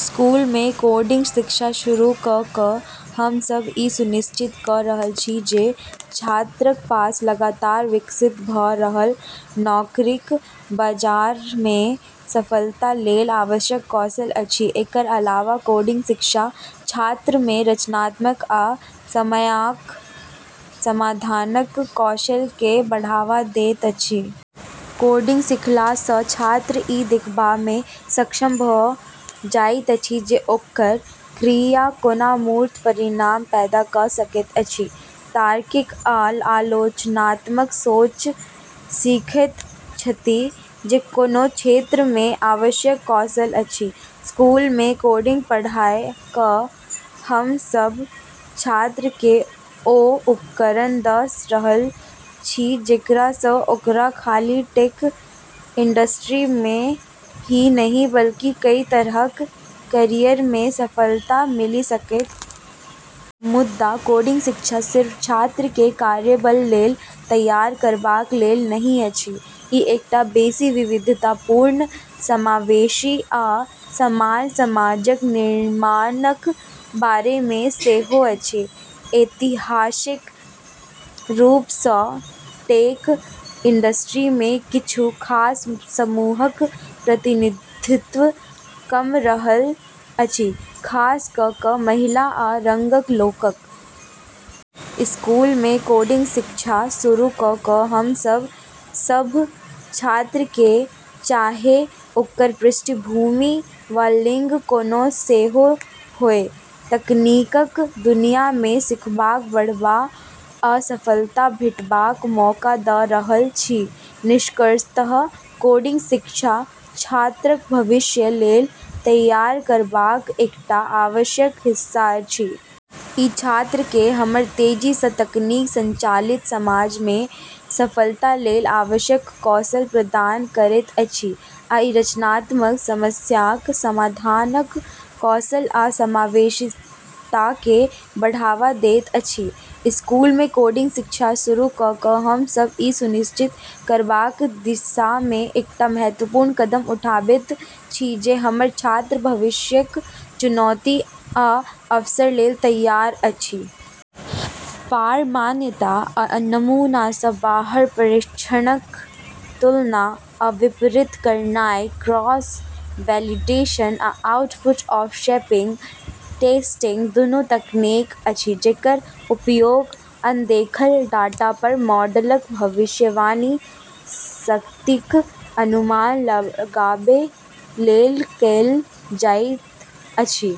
स्कूलमे कोडिंग शिक्षा शुरू क’ क’ हम सभ ई सुनिश्चित क’ रहल छी जे छात्रक पास लगातार विकसित भ’ रहल नौकरीक बाजारमे सफलता लेल आवश्यक कौशल अछि। एकर अलावा कोडिंग शिक्षा छात्रमे रचनात्मकता आ समस्याक समाधानक कौशलकेँ बढ़ावा दैत अछि। कोडिंग सीखला सँ छात्र ई देखबामे सक्षम भ’ जाइत अछि जे ओकर क्रिया कोना मूर्त परिणाम पैदा क’ सकैत अछि। तार्किक आ आलोचनात्मक सोच सीखैत छथि जे कोनो क्षेत्रमे आवश्यक कौशल अछि। स्कूलमे कोडिंग पढ़ाय क’ हम सभ छात्रकेँ ओ उपकरण द’ रहल छी जेकरा सँ ओकरा खाली टेक इंडस्ट्रीमे ही नहि, बल्कि कई तरहक कैरियरमे सफलता मिलि सकय। मुदा कोडिंग शिक्षा सिर्फ छात्रकेँ कार्यबल लेल तैयार करबाक लेल नहि अछि। ई एकटा बेसि विविधतापूर्ण, समावेशी, आ समान समाजक निर्माणक बारेमे सेहो अछि। ऐतिहासिक रूप सँ टेक इंडस्ट्रीमे किछु खास समूहक प्रतिनिधित्व कम रहल अछि, खास क’ क’ महिला आ रंगक लोकक। स्कूलमे कोडिंग शिक्षा शुरू क’ क’ हम सभ सभ छात्रकेँ, चाहे ओकर पृष्ठभूमि वा लिंग कोनो सेहो होय, तकनीकक दुनियामे सीखबा, बढ़बा आ सफलता भेटबाक मौका द’ रहल छी। निष्कर्षतः कोडिंग शिक्षा छात्रक भविष्य लेल तैयार करबाक एकटा आवश्यक हिस्सा अछि। ई छात्रकेँ हमर तेजी सँ तकनीक संचालित समाजमे सफलता लेल आवश्यक कौशल प्रदान करैत अछि, आ ई रचनात्मकता, समस्याक समाधानक कौशल, आ समावेशीताकेँ बढ़ावा दैत अछि। स्कूलमे कोडिंग शिक्षा शुरू क’ क’ हम सभ ई सुनिश्चित करबाक दिशामे एकटा महत्वपूर्ण कदम उठाबैत छी जे हमर छात्र भविष्यक चुनौती आ अवसर लेल तैयार अछि। पार-मान्यता आ नमूना सँ बाहर परीक्षणक तुलना आ विपरीत करनाइ। क्रॉस-वैलिडेशन आ आउट-ऑफ-सैंपल टेस्टिंग दुनू तकनीक अछि जेकर उपयोग अनदेखल डाटा पर मॉडलक भविष्यवाणी शक्तिक अनुमान लगाबै लेल कएल जाइत अछि।